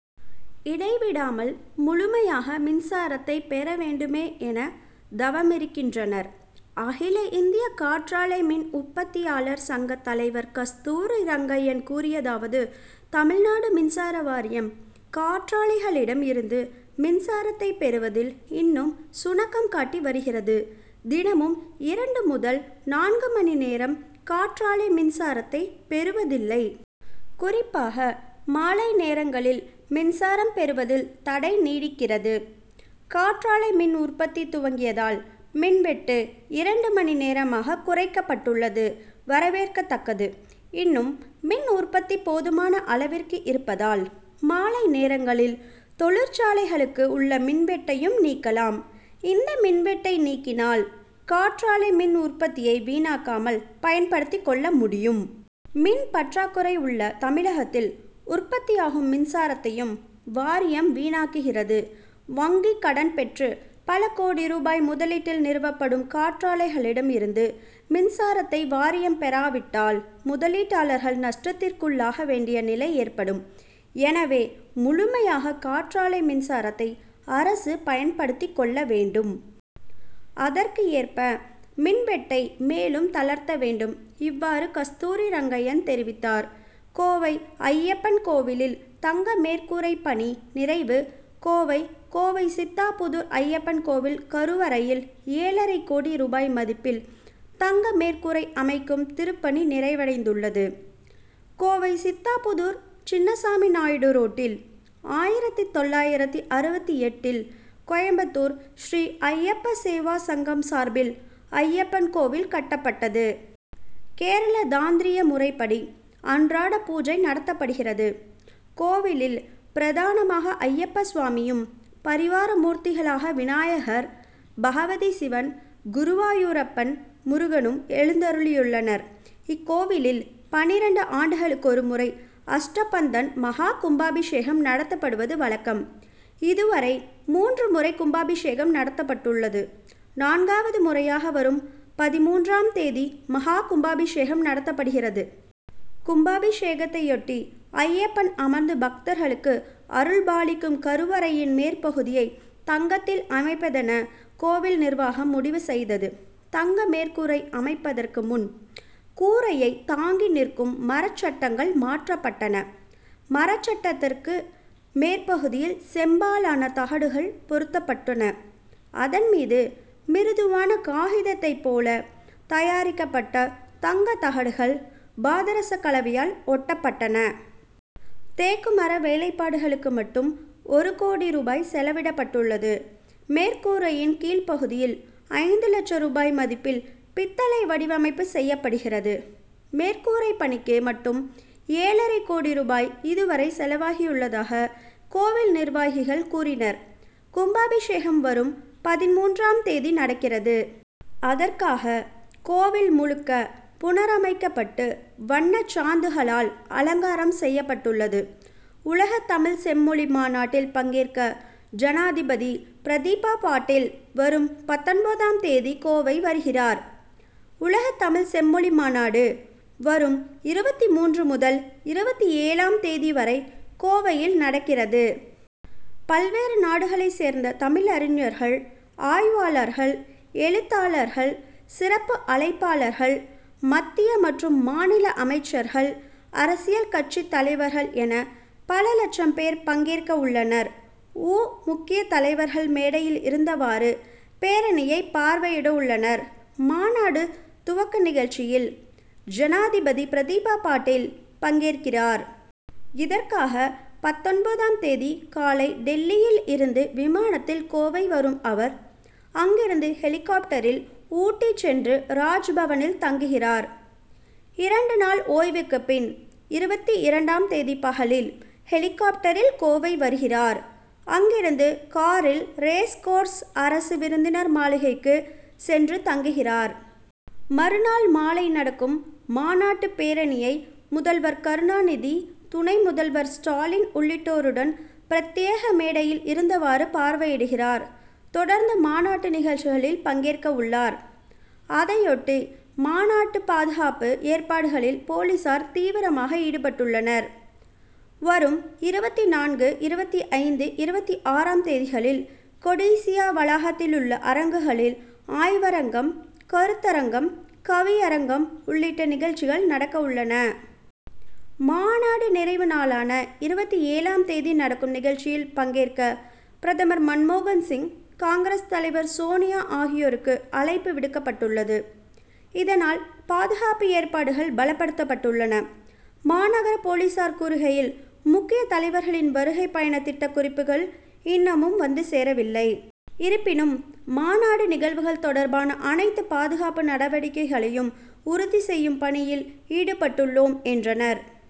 இடை விடாமல் முழுமையாக மின்சாரத்தை பெற வேண்டுமே என தவமிருக்கின்றனர். அகில இந்திய காற்றாலை மின் உற்பத்தியாளர் சங்கத் தலைவர் கஸ்தூரி ரங்கையன் கூறியதாவது தமிழ்நாடு மின்சாரவாரியம், காற்றாலைகளிடம் இருந்து மின்சாரத்தை பெறுவதில் இன்னும் சுணக்கம் காட்டி வருகிறது. தினமும் இரண்டு முதல் நான்கு மணி நேரம் காற்றாலை மின்சாரத்தை பெறுவதில்லை. குறிப்பாக மாலை நேரங்களில் மின்சாரம் பெறுவதில் தடை நீடிக்கிறது. காற்றாலை மின் உற்பத்தி துவங்கியதால், மின் வெட்டு இரண்டு மணி நேரமாக குறைக்கப்பட்டுள்ளது; வரவேற்கத்தக்ககது. இன்னும் மின் உற்பத்தி போதுமான அளவிற்கு இருப்பதால், மாலை நேரங்களில் தொழிற்சாலைகளுக்கு உள்ள மின்வெட்டையும் நீக்கலாம். இந்த மின்வெட்டை நீக்கினால், காற்றாலை மின் உற்பத்தியை வீணாக்காமல் பயன்படுத்திக்கொள்ள முடியும். மின் பற்றாக்குறை உள்ள தமிழகத்தில், உற்பத்தியாகும் மின்சாரத்தையும் வாரியம் வீணாக்குகிறது. வங்கிக் கடன்பெற்று, பல கோடி ரூபாய் முதலீட்டில் நிறுவப்படும் காற்றாலைகளிடம் இருந்து மின்சாரத்தை வாரியம் பெறாவிட்டால், முதலீட்டாளர்கள் நஷ்டத்திற்குள்ளாக வேண்டிய நிலை ஏற்படும். எனவே, முழுமையாக காற்றாலை மின்சாரத்தை அரசு பயன்படுத்திக் கொள்ள வேண்டும். அதற்கு ஏற்ப மின்வெட்டை மேலும் தளர்த்த வேண்டும். இவ்வாறு கஸ்தூரி ரங்கையன் தெரிவித்தார். கோவை அய்யப்பன் கோவிலில் தங்க மேற்கூரை பணி நிறைவு கோவை கோவை சித்தாபுதூர் அய்யப்பன் கோவில் கருவறையில், ஏழரை கோடி ரூபாய் மதிப்பில் தங்க மேற்கூரை அமைக்கும் திருப்பணி நிறைவடைந்துள்ளது. கோவை சித்தாபுதூர் சின்னசாமிநாயுடு ரோட்டில், ஆயிரத்து தொள்ளாயிரத்து அறுபத்து எட்டில் கோயமுத்தூர் ஸ்ரீ ஐயப்ப சேவா சங்கம் சார்பில், அய்யப்பன் கோவில் கட்டப்பட்டது. கேரள தாந்திரிய முறைப்படி அன்றாட பூஜை நடத்தப்படுகிறது. கோவிலில் பிரதானமாக அய்யப்ப சுவாமியும், பரிவார மூர்த்திகளாக விநாயகர், பகவதி, சிவன், குருவாயூரப்பன், முருகனும் எழுந்தருளியுள்ளனர். இக்கோவிலில், பன்னிரண்டு ஆண்டுகளுக்கொருமுறை அஷ்டபந்தன மகா கும்பாபிஷேகம் நடத்தப்படுவது வழக்கம். இதுவரை மூன்று முறை கும்பாபிஷேகம் நடத்தப்பட்டுள்ளது. நான்காவது முறையாக வரும் பதின்மூன்று ம் தேதி மகா கும்பாபிஷேகம் நடத்தப்படுகிறது. கும்பாபிஷேகத்தையொட்டி, அய்யப்பன் அமர்ந்து பக்தர்களுக்கு அருள்பாலிக்கும் கருவறையின் மேற்பகுதியை தங்கத்தில் அமைப்பதென கோவில் நிர்வாகம் முடிவு செய்தது. தங்க மேற்கூரை அமைப்பதற்கு முன், கூரையை தாங்கி நிற்கும் மரச்சட்டங்கள் மாற்றப்பட்டன. மரச்சட்டத்திற்கு மேற்பகுதியில் செம்பாலான தகடுகள் பொருத்தப்பட்டன. அதன் மீது, மிருதுவான காகிதத்தை போல தயாரிக்கப்பட்ட தங்கத்தகடுகள், பாதரசக்கலவையால் ஒட்டப்பட்டன. தேக்கு மர வேலைப்பாடுகளுக்கு மட்டும் ஒரு கோடி ரூபாய் செலவிடப்பட்டுள்ளது. மேற்கூரையின் கீழ் பகுதியில் ஐந்து லட்ச ரூபாய் மதிப்பில் பித்தளை வடிவமைப்பு செய்யப்படுகிறது. மேற்கூரைப்பணிக்கு மட்டும் ஏழரை கோடி ரூபாய் இது வரை செலவாகியுள்ளதாக கோவில் நிர்வாகிகள் கூறினர். கும்பாபிஷேகம் வரும் பதின்மூன்றாம் தேதி நடக்கிறது. அதற்காக கோவில் முழுக்க புனரமைக்கப்பட்டு, வண்ணச்சாந்துகளால் அலங்காரம் செய்யப்பட்டுள்ளது. உலகத் தமிழ்ச் செம்மொழி மாநாட்டில் பங்கேற்க, ஜனாதிபதி பிரதிபா பாட்டீல், வரும் பத்தொன்பதாம் தேதி கோவை வருகிறார். உலகத் தமிழ்ச் செம்மொழி மாநாடு, வரும் இருபத்து மூன்று முதல் இருபத்து ஏழு ம் தேதி வரை கோவையில் நடக்கிறது. பல்வேறு நாடுகளைச் சேர்ந்த தமிழறிஞர்கள், ஆய்வாளர்கள், எழுத்தாளர்கள், சிறப்பு அழைப்பாளர்கள், மத்திய மற்றும் மாநில அமைச்சர்கள், அரசியல் கட்சித் தலைவர்கள் என, பல லட்சம் பேர் பங்கேற்கவுள்ளனர். உ. முக்கிய தலைவர்கள் மேடையில் இருந்தவாறு, பேரணியை பார்வையிடவுள்ளனர். மாநாடு துவக்க நிகழ்ச்சியில், ஜனாதிபதி பிரதிபா பாட்டீல் பங்கேற்கிறார். இதற்காக, பத்தொன்பதாம் தேதி காலை டில்லியில் இருந்து விமானத்தில் கோவை வரும் அவர், அங்கிருந்து ஹெலிகாப்டரில் ஊட்டி சென்று, ராஜ்பவனில் தங்குகிறார். இரண்டு நாள் ஓய்வுக்கு பின், இருபத்து இரண்டாம் தேதி பகலில் ஹெலிகாப்டரில் கோவை வருகிறார். அங்கிருந்து காரில் ரேஸ்கோர்ஸ் அரசு விருந்தினர் மாளிகைக்கு சென்று தங்குகிறார். மறுநாள் மாலை நடக்கும் மாநாட்டுப்பேரணியை, முதல்வர் கருணாநிதி, துணை முதல்வர் ஸ்டாலின் உள்ளிட்டோருடன் பிரத்யேக மேடையில் இருந்தவாறு பார்வையிடுகிறார். தொடர்ந்து, மாநாட்டு நிகழ்ச்சிகளில் பங்கேற்கவுள்ளார். அதையொட்டி, மாநாடு பாதுகாப்பு ஏற்பாடுகளில் போலீசார் தீவிரமாக ஈடுபட்டுள்ளனர். வரும் இருபத்து நான்கு, இருபத்து ஐந்து, இருபத்து ஆறாம் தேதிகளில் கொடிசியா வளாகத்திலுள்ள அரங்குகளில் ஆய்வரங்கம், கருத்தரங்கம், கவியரங்கம் உள்ளிட்ட நிகழ்ச்சிகள் நடக்கவுள்ளன. மாநாடு நிறைவு நாளான இருபத்து ஏழாம் தேதி நடக்கும் நிகழ்ச்சியில் பங்கேற்க பிரதமர் மன்மோகன் சிங், காங்., தலைவர் சோனியா ஆகியோருக்கு அழைப்பு விடுக்கப்பட்டுள்ளது. இதனால், பாதுகாப்பு ஏற்பாடுகள் பலப்படுத்தப்பட்டுள்ளன. மாநகர போலீசார் கூறுகையில், முக்கிய தலைவர்களின் வருகை பயண திட்டக் குறிப்புகள் இன்னமும் வந்து சேரவில்லை. இருப்பினும், மாநாடு நிகழ்வுகள் தொடர்பான அனைத்து பாதுகாப்பு நடவடிக்கைகளையும் உறுதி செய்யும் பணியில் ஈடுபட்டுள்ளோம், என்றனர்.